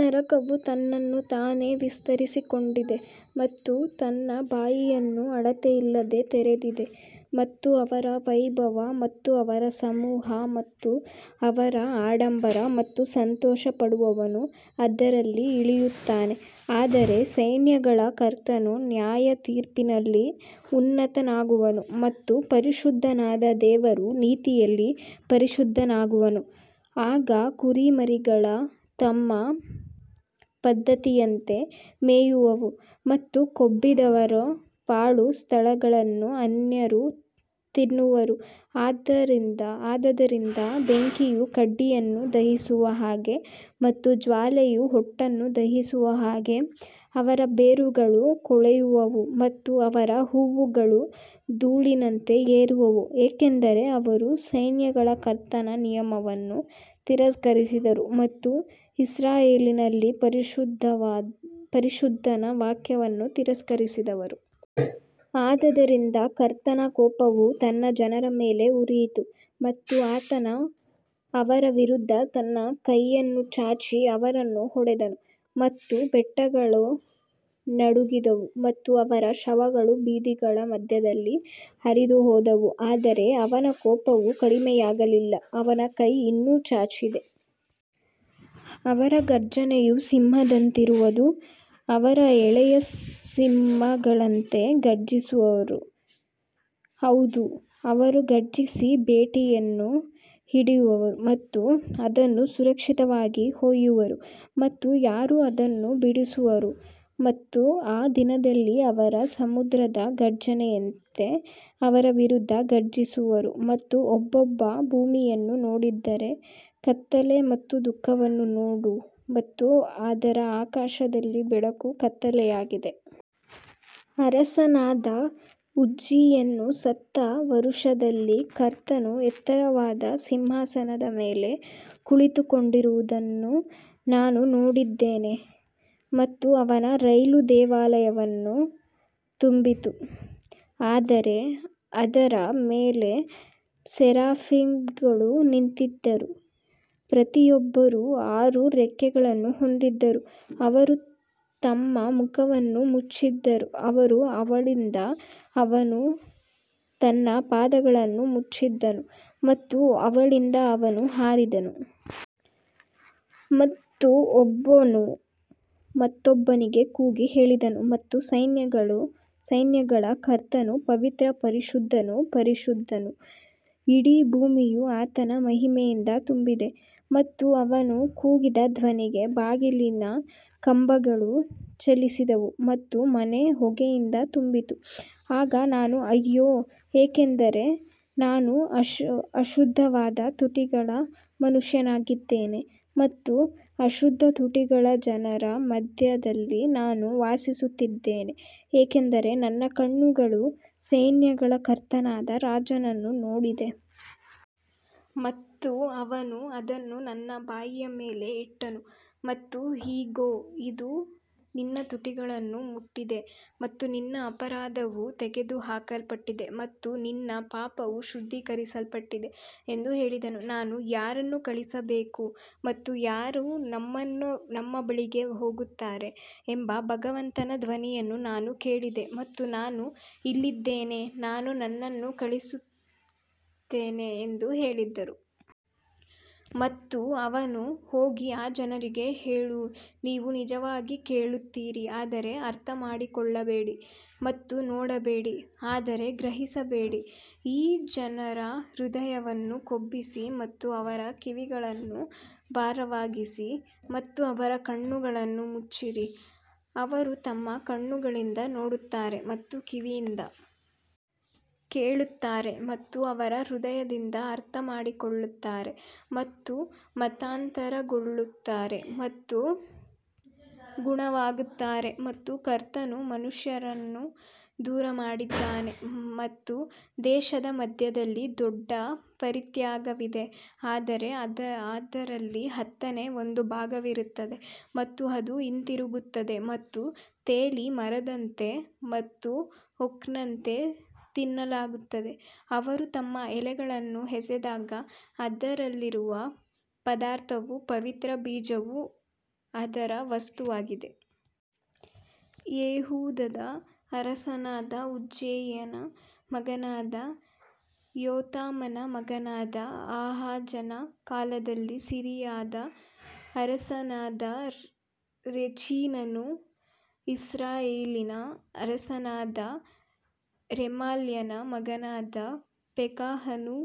ನರಕವು ತನ್ನನ್ನು ತಾನೇ ವಿಸ್ತರಿಸಿಕೊಂಡಿದೆ ಮತ್ತು ತನ್ನ ಬಾಯಿಯನ್ನು ಅಳತೆಯಿಲ್ಲದೆ ತೆರೆದಿದೆ ಮತ್ತು ಅವರ ವೈಭವ ಮತ್ತು ಅವರ ಸಮೂಹ ಮತ್ತು ಅವರ ಆಡಂಬರ ಮತ್ತು ಸಂತೋಷಪಡುವವನು ಅದರಲ್ಲಿ ಇಳಿಯುತ್ತಾನೆ. ಆದರೆ ಸೈನ್ಯಗಳ ಕರ್ತನು ನ್ಯಾಯತೀರ್ಪಿನಲ್ಲಿ ಉನ್ನತನಾಗುವನು ಮತ್ತು ಪರಿಶುದ್ಧನಾದ ದೇವರು ನೀತಿಯಲ್ಲಿ ಪರಿಶುದ್ಧನಾಗುವನು. ಆಗ ಕುರಿಮರಿಗಳು ತಮ್ಮ ಪದ್ಧತಿಯಂತೆ ಮೇಯುವವು ಮತ್ತು ಕೊಬ್ಬಿದವರ ಪಾಳು ಸ್ಥಳಗಳನ್ನು ಅನ್ಯರು ತಿನ್ನುವರು ಆದದರಿಂದ ಬೆಂಕಿಯು ಕಡ್ಡಿಯನ್ನು ದಹಿಸುವ ಹಾಗೆ ಮತ್ತು ಜ್ವಾಲೆಯು ಹೊಟ್ಟನ್ನು ದಹಿಸುವ ಹಾಗೆ ಅವರ ಬೇರುಗಳು ಕೊಳೆಯುವವು ಮತ್ತು ಅವರ ಹೂವುಗಳು ಧೂಳಿನಂತೆ ಏರುವವು, ಏಕೆಂದರೆ ಅವರು ಸೈನ್ಯಗಳ ಕರ್ತನ ನಿಯಮವನ್ನು ತಿರಸ್ಕರಿಸಿದರು ಮತ್ತು ಇಸ್ರಾಯೇಲಿನ ಪರಿಶುದ್ಧನ ವಾಕ್ಯವನ್ನು ತಿರಸ್ಕರಿಸಿದರು. ಆದದರಿಂದ ಕರ್ತನ ಕೋಪವು ತನ್ನ ಜನರ ಮೇಲೆ ಉರಿಯಿತು ಮತ್ತು ಆತನು ಅವರ ವಿರುದ್ಧ ತನ್ನ ಕೈಯನ್ನು ಚಾಚಿ ಅವರನ್ನು ಹೊಡೆದನು ಮತ್ತು ಬೆಟ್ಟಗಳು ನಡುಗಿದವು ಮತ್ತು ಅವರ ಶವಗಳು ಬೀದಿಗಳ ಮಧ್ಯದಲ್ಲಿ ಹರಿದುಹೋದವು ಆದರೆ ಅವನ ಕೋಪವು ಕಡಿಮೆಯಾಗಲಿಲ್ಲ. ಅವನ ಕೈ ಇನ್ನೂ ಚಾಚಿದೆ ಅವರ ಘರ್ಜನೆಯು ಸಿಂಹದಂತಿರುವದು ಅವರು ಎಳೆಯ ಸಿಂಹಗಳಂತೆ ಗರ್ಜಿಸುವರು ಹೌದು ಅವರು ಘರ್ಜಿಸಿ ಬೇಟೆಯನ್ನು ಹಿಡಿಯುವರು ಮತ್ತು ಅದನ್ನು ಸುರಕ್ಷಿತವಾಗಿ ಒಯ್ಯುವರು ಮತ್ತು ಯಾರೂ ಅದನ್ನು ಬಿಡಿಸುವರು ಮತ್ತು ಆ ದಿನದಲ್ಲಿ ಅವರು ಸಮುದ್ರದ ಘರ್ಜನೆಯಂತೆ ಅವರ ವಿರುದ್ಧ ಘರ್ಜಿಸುವರು ಮತ್ತು ಒಬ್ಬನು ಭೂಮಿಯನ್ನು ನೋಡಿದರೆ ಕತ್ತಲೆ ಮತ್ತು ದುಃಖವನ್ನು ನೋಡು ಮತ್ತು ಅದರ ಆಕಾಶದಲ್ಲಿ ಬೆಳಕು ಕತ್ತಲೆಯಾಗಿದೆ. ಅರಸನಾದ ಉಜ್ಜೀಯನು ಸತ್ತ ವರುಷದಲ್ಲಿ ಕರ್ತನು ಎತ್ತರವಾದ ಸಿಂಹಾಸನದ ಮೇಲೆ ಕುಳಿತುಕೊಂಡಿರುವುದನ್ನು ನಾನು ನೋಡಿದೆನು ಮತ್ತು ಅವನ ರೈಲು ದೇವಾಲಯವನ್ನು ತುಂಬಿತು. ಅದರ ಮೇಲೆ ಸೆರಾಫಿಮ್ಗಳು ನಿಂತಿದ್ದರು, ಪ್ರತಿಯೊಬ್ಬರೂ ಆರು ರೆಕ್ಕೆಗಳನ್ನು ಹೊಂದಿದ್ದರು, ಅವರು ತಮ್ಮ ಮುಖವನ್ನು ಮುಚ್ಚಿದರು ಮತ್ತು ಅವಳಿಂದ ಅವನು ತನ್ನ ಪಾದಗಳನ್ನು ಮುಚ್ಚಿದನು ಮತ್ತು ಅವಳಿಂದ ಅವನು ಹಾರಿದನು. ಮತ್ತು ಒಬ್ಬನು ಮತ್ತೊಬ್ಬನಿಗೆ ಕೂಗಿ ಹೇಳಿದನು ಮತ್ತು ಸೈನ್ಯಗಳ ಕರ್ತನು ಪವಿತ್ರ ಪರಿಶುದ್ಧನು ಪರಿಶುದ್ಧನು, ಇಡೀ ಭೂಮಿಯು ಆತನ ಮಹಿಮೆಯಿಂದ ತುಂಬಿದೆ. ಮತ್ತು ಅವನು ಕೂಗಿದ ಧ್ವನಿಗೆ ಬಾಗಿಲಿನ ಕಂಬಗಳು ಚಲಿಸಿದವು ಮತ್ತು ಮನೆ ಹೊಗೆಯಿಂದ ತುಂಬಿತ್ತು ಆಗ ನಾನು ಅಯ್ಯೋ, ಏಕೆಂದರೆ ನಾನು ಅಶುದ್ಧವಾದ ತುಟಿಗಳ ಮನುಷ್ಯನಾಗಿದ್ದೇನೆ ಮತ್ತು ಅಶುದ್ಧ ತುಟಿಗಳ ಜನರ ಮಧ್ಯದಲ್ಲಿ ನಾನು ವಾಸಿಸುತ್ತಿದ್ದೇನೆ ಏಕೆಂದರೆ ನನ್ನ ಕಣ್ಣುಗಳು ಸೈನ್ಯಗಳ ಕರ್ತನಾದ ರಾಜನನ್ನು ನೋಡಿದೆ. ಮತ್ತು ಅವನು ಅದನ್ನು ನನ್ನ ಬಾಯಿಯ ಮೇಲೆ ಇಟ್ಟನು ಮತ್ತು ಇಗೋ ಇದು ನಿನ್ನ ತುಟಿಗಳನ್ನು ಮುಟ್ಟಿದೆ ಮತ್ತು ನಿನ್ನ ಅಪರಾಧವು ತೆಗೆದುಹಾಕಲ್ಪಟ್ಟಿದೆ ಮತ್ತು ನಿನ್ನ ಪಾಪವು ಶುದ್ಧೀಕರಿಸಲ್ಪಟ್ಟಿದೆ ಎಂದು ಹೇಳಿದನು. ನಾನು ಯಾರನ್ನು ಕಳುಹಿಸಬೇಕು ಮತ್ತು ಯಾರು ನಮ್ಮ ಬಳಿಗೆ ಹೋಗುತ್ತಾರೆ ಎಂಬ ಭಗವಂತನ ಧ್ವನಿಯನ್ನು ನಾನು ಕೇಳಿದೆ ಮತ್ತು ನಾನು ಇಲ್ಲಿದ್ದೇನೆ ನಾನು ನನ್ನನ್ನು ಕಳುಹಿಸುತ್ತೇನೆ ಎಂದು ಹೇಳಿದರು. ಮತ್ತು ಅವನು ಹೋಗಿ ಈ ಜನರಿಗೆ ಹೇಳು ನೀವು ನಿಜವಾಗಿ ಕೇಳುತ್ತೀರಿ ಆದರೆ ಅರ್ಥಮಾಡಿಕೊಳ್ಳಬೇಡಿ ಮತ್ತು ನೋಡಬೇಡಿ ಆದರೆ ಗ್ರಹಿಸಬೇಡಿ ಈ ಜನರ ಹೃದಯವನ್ನು ಕೊಬ್ಬಿಸಿ ಮತ್ತು ಅವರ ಕಿವಿಗಳನ್ನು ಭಾರವಾಗಿಸಿ ಮತ್ತು ಅವರ ಕಣ್ಣುಗಳನ್ನು ಮುಚ್ಚಿರಿ ಅವರು ತಮ್ಮ ಕಣ್ಣುಗಳಿಂದ ನೋಡುತ್ತಾರೆ ಮತ್ತು ಕಿವಿಯಿಂದ ಕೇಳುತ್ತಾರೆ ಮತ್ತು ಅವರ ಹೃದಯದಿಂದ ಅರ್ಥಮಾಡಿಕೊಳ್ಳುತ್ತಾರೆ ಮತ್ತು ಮತಾಂತರಗೊಳ್ಳುತ್ತಾರೆ ಮತ್ತು ಗುಣವಾಗುತ್ತಾರೆ ಮತ್ತು ಕರ್ತನು ಮನುಷ್ಯರನ್ನು ದೂರಮಾಡಿದ್ದಾನೆ ಮತ್ತು ದೇಶದ ಮಧ್ಯದಲ್ಲಿ ದೊಡ್ಡ ಪರಿತ್ಯಾಗವಿದೆ ಆದರೆ ಅದರಲ್ಲಿ ಹತ್ತನೇ ಒಂದು ಭಾಗವಿರುತ್ತದೆ ಮತ್ತು ಅದು ಹಿಂತಿರುಗುತ್ತದೆ ಮತ್ತು ತೇಲಿ ಮರದಂತೆ ಮತ್ತು ಓಕ್ನಂತೆ ತಿನ್ನಲಾಗುತ್ತದೆ, ಅವರು ತಮ್ಮ ಎಲೆಗಳನ್ನು ಎಸೆದಾಗ ಅದರಲ್ಲಿರುವ ಪದಾರ್ಥವು ಪವಿತ್ರ ಬೀಜವು ಅದರ ವಸ್ತುವಾಗಿದೆ. ಯೆಹೂದದ ಅರಸನಾದ ಉಜ್ಜೀಯನ ಮಗನಾದ ಯೋತಾಮನ ಮಗನಾದ ಆಹಾಜನ ಕಾಲದಲ್ಲಿ ಸಿರಿಯಾದ ಅರಸನಾದ ರೆಚೀನನೂ ಇಸ್ರಾಯೇಲಿನ ಅರಸನಾದ ರೆಮಲ್ಯನ ಮಗನಾದ ಪೆಕಹನೂ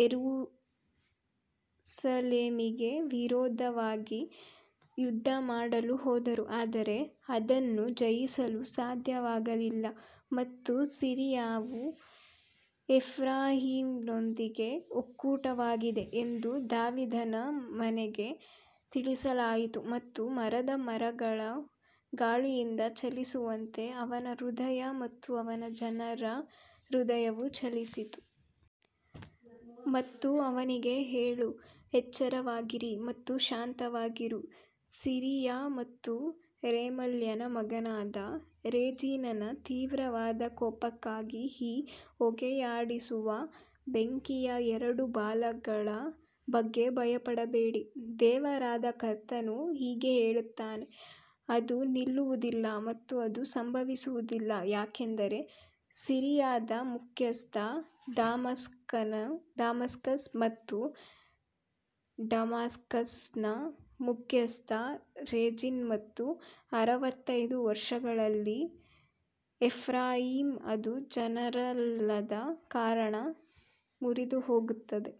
ಯೆರೂಸಲೇಮಿಗೆ ವಿರೋಧವಾಗಿ ಯುದ್ಧಮಾಡಲು ಹೋದರು ಆದರೆ ಅದನ್ನು ಜಯಿಸಲು ಸಾಧ್ಯವಾಗಲಿಲ್ಲ. ಮತ್ತು ಸಿರಿಯಾವು ಎಫ್ರಾಯೀಮ್ನೊಂದಿಗೆ ಒಕ್ಕೂಟವಾಗಿದೆ ಎಂದು ದಾವೀದನ ಮನೆಗೆ ತಿಳಿಸಲಾಯಿತು ಮತ್ತು ಮರದ ಮರಗಳು ಗಾಳಿಯಿಂದ ಚಲಿಸುವಂತೆ ಅವನ ಹೃದಯ ಮತ್ತು ಅವನ ಜನರ ಹೃದಯವು ಚಲಿಸಿತು. ಮತ್ತು ಅವನಿಗೆ ಹೇಳು, ಎಚ್ಚರವಾಗಿರಿ ಮತ್ತು ಶಾಂತವಾಗಿರು, ಸಿರಿಯಾ ಮತ್ತು ರೆಮಲ್ಯನ ಮಗನಾದ ರೆಜೀನನ ತೀವ್ರವಾದ ಕೋಪಕ್ಕಾಗಿ ಈ ಹೊಗೆಯಾಡಿಸುವ ಬೆಂಕಿಯ ಎರಡು ಬಾಲಗಳ ಬಗ್ಗೆ ಭಯಪಡಬೇಡ. ದೇವರಾದ ಕರ್ತನು ಹೀಗೆ ಹೇಳುತ್ತಾನೆ ಅದು ನಿಲ್ಲುವುದಿಲ್ಲ ಮತ್ತು ಅದು ಸಂಭವಿಸುವುದಿಲ್ಲ ಯಾಕಂದರೆ ಸಿರಿಯಾದ ಮುಖ್ಯಸ್ಥ ದಮಾಸ್ಕಸ್ ಮತ್ತು ಡಮಾಸ್ಕಸ್ನ ಮುಖ್ಯಸ್ಥ ರೆಜಿನ್ ಮತ್ತು ಅರವತ್ತೈದು ವರ್ಷಗಳಲ್ಲಿ ಎಫ್ರಾಯೀಮ್ ಅದು ಜನರಲ್ಲದ ಕಾರಣ ಮುರಿದುಹೋಗುತ್ತದೆ.